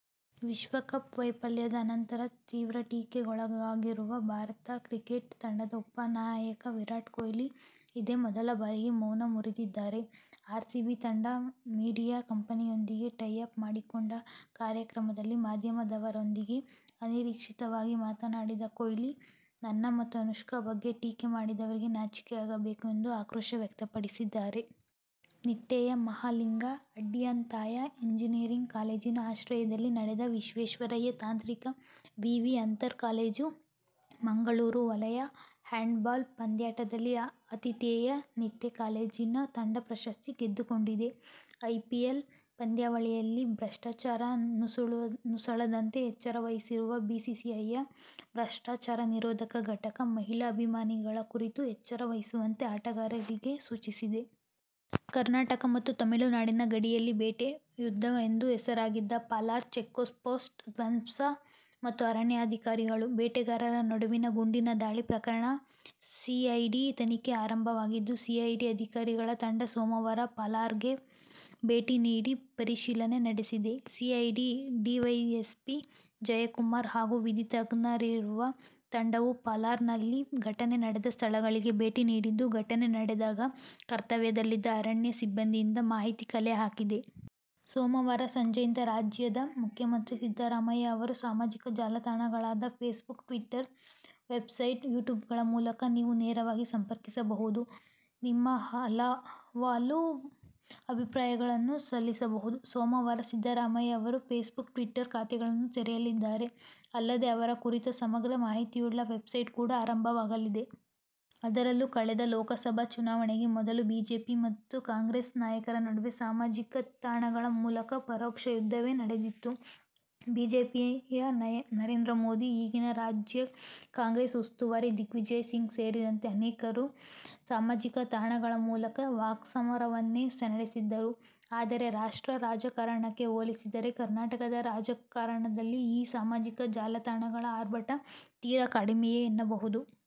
ವಿಶ್ವಕಪ್ ವೈಫಲ್ಯದ ಅನಂತರ ತೀವ್ರ ಟೀಕೆಗೊಳಗಾಗಿರುವ ಭಾರತ ಕ್ರಿಕೆಟ್ ತಂಡದ ಉಪನಾಯಕ ವಿರಾಟ್ ಕೊಹ್ಲಿ ಇದೇ ಮೊದಲ ಬಾರಿಗೆ ಮೌನ ಮುರಿದಿದ್ದಾರೆ. ಆರ್ಸಿಬಿ ತಂಡ ಮೀಡಿಯಾ ಕಂಪನಿಯೊಂದಿಗೆ ಟೈ ಅಪ್ ಮಾಡಿಕೊಂಡ ಕಾರ್ಯಕ್ರಮದಲ್ಲಿ ಮಾಧ್ಯಮದವರೊಂದಿಗೆ ಅನಿರೀಕ್ಷಿತವಾಗಿ ಮಾತನಾಡಿದ ಕೊಹ್ಲಿ, ನನ್ನ ಮತ್ತು ಅನುಷ್ಕಾ ಬಗ್ಗೆ ಟೀಕೆ ಮಾಡಿದವರಿಗೆ ನಾಚಿಕೆಯಾಗಬೇಕು ಎಂದು ಆಕ್ರೋಶ ವ್ಯಕ್ತಪಡಿಸಿದ್ದಾರೆ. ನಿಟ್ಟೆಯ ಮಹಾಲಿಂಗ ಅಡ್ಯಂತಾಯ ಎಂಜಿನಿಯರಿಂಗ್ ಕಾಲೇಜಿನ ಆಶ್ರಯದಲ್ಲಿ ನಡೆದ ವಿಶ್ವೇಶ್ವರಯ್ಯ ತಾಂತ್ರಿಕ ವಿವಿ ಅಂತರ್ ಕಾಲೇಜು ಮಂಗಳೂರು ವಲಯ ಹ್ಯಾಂಡ್ ಬಾಲ್ ಪಂದ್ಯಾಟದಲ್ಲಿ ಅತಿಥೇಯ ನಿಟ್ಟೆ ಕಾಲೇಜಿನ ತಂಡ ಪ್ರಶಸ್ತಿ ಗೆದ್ದುಕೊಂಡಿದೆ. ಐಪಿಎಲ್ ಪಂದ್ಯಾವಳಿಯಲ್ಲಿ "ಭ್ರಷ್ಟಾಚಾರ' ನುಸುಳದಂತೆ ಎಚ್ಚರ ವಹಿಸಿರುವ ಬಿಸಿಸಿಐಯ ಭ್ರಷ್ಟಾಚಾರನಿರೋಧಕ ಘಟಕ ಮಹಿಳಾ ಅಭಿಮಾನಿಗಳ ಕುರಿತು ಎಚ್ಚರ ವಹಿಸುವಂತೆ ಆಟಗಾರರಿಗೆ ಸೂಚಿಸಿದೆ. ಕರ್ನಾಟಕ ಮತ್ತು ತಮಿಳುನಾಡಿನ ಗಡಿಯಲ್ಲಿ ಬೇಟೆಯುದ್ದ ಎಂದು ಹೆಸರಾಗಿದ್ದ ಪಾಲಾರ್ ಚೆಕ್ಪೋಸ್ಟ್ ಧ್ವಂಸ ಮತ್ತು ಅರಣ್ಯಾಧಿಕಾರಿಗಳು, ಬೇಟೆಗಾರರ ನಡುವಿನ ಗುಂಡಿನ ದಾಳಿ ಪ್ರಕರಣದ ಸಿಐಡಿ ತನಿಖೆ ಆರಂಭವಾಗಿದ್ದು, ಸಿಐಡಿ ಅಧಿಕಾರಿಗಳ ತಂಡ ಸೋಮವಾರ ಪಾಲಾರ್ಗೆ ಭೇಟಿ ನೀಡಿ ಪರಿಶೀಲನೆ ನಡೆಸಿದೆ. ಸಿಐಡಿ ಡಿವೈಎಸ್ಪಿ ಜಯಕುಮಾರ್ ಹಾಗೂ ವಿಧಿ ತಜ್ಞರಿರುವ ತಂಡವು ಪಾಲಾರ್ನಲ್ಲಿ ಘಟನೆ ನಡೆದ ಸ್ಥಳಗಳಿಗೆ ಭೇಟಿ ನೀಡಿದ್ದು, ಘಟನೆ ನಡೆದಾಗ ಕರ್ತವ್ಯದಲ್ಲಿದ್ದ ಅರಣ್ಯ ಸಿಬ್ಬಂದಿಯಿಂದ ಮಾಹಿತಿ ಕಲೆ ಹಾಕಿದೆ. ಸೋಮವಾರ ಸಂಜೆಯಿಂದ ರಾಜ್ಯದ ಮುಖ್ಯಮಂತ್ರಿ ಸಿದ್ದರಾಮಯ್ಯ ಅವರನ್ನು ಸಾಮಾಜಿಕ ಜಾಲತಾಣಗಳಾದ ಫೇಸ್ಬುಕ್, ಟ್ವೀಟರ್, ವೆಬ್ಸೈಟ್, ಯುಟ್ಯೂಬ್ಗಳ ಮೂಲಕ ನೀವು ನೇರವಾಗಿ ಸಂಪರ್ಕಿಸಬಹುದು. ನಿಮ್ಮ ಅಹವಾಲು, ಅಭಿಪ್ರಾಯಗಳನ್ನೂ ಸಲ್ಲಿಸಬಹುದು. ಸೋಮವಾರ ಸಿದ್ದರಾಮಯ್ಯ ಅವರು ಫೇಸ್ಬುಕ್, ಟ್ವೀಟರ್ ಖಾತೆಗಳನ್ನು ತೆರೆಯಲಿದ್ದಾರೆ. ಅಲ್ಲದೆ, ಅವರ ಕುರಿತ ಸಮಗ್ರ ಮಾಹಿತಿಯುಳ್ಳ ವೆಬ್ಸೈಟ್ ಕೂಡ ಆರಂಭವಾಗಲಿದೆ. ಅದರಲ್ಲೂ ಕಳೆದ ಲೋಕಸಭಾ ಚುನಾವಣೆಗೆ ಮೊದಲು ಬಿಜೆಪಿ ಮತ್ತು ಕಾಂಗ್ರೆಸ್ ನಾಯಕರ ನಡುವೆ ಸಾಮಾಜಿಕ ತಾಣಗಳ ಮೂಲಕ ಪರೋಕ್ಷ ಯುದ್ಧವೇ ನಡೆದಿತ್ತು. ಬಿಜೆಪಿಯ ನರೇಂದ್ರ ಮೋದಿ, ಈಗಿನ ರಾಜ್ಯ ಕಾಂಗ್ರೆಸ್ ಉಸ್ತುವಾರಿ ದಿಗ್ವಿಜಯ್ ಸಿಂಗ್ ಸೇರಿದಂತೆ ಅನೇಕರು ಸಾಮಾಜಿಕ ತಾಣಗಳ ಮೂಲಕ ವಾಕ್ಸಮರವನ್ನೇ ನಡೆಸಿದ್ದರು. ಆದರೆ, ರಾಷ್ಟ್ರ ರಾಜಕಾರಣಕ್ಕೆ ಹೋಲಿಸಿದರೆ ಕರ್ನಾಟಕದ ರಾಜಕಾರಣದಲ್ಲಿ ಈ ಸಾಮಾಜಿಕ ಜಾಲ ತಾಣಗಳ ಆರ್ಭಟ ತೀರಾ ಕಡಿಮೆಯೇ ಎನ್ನಬಹುದು.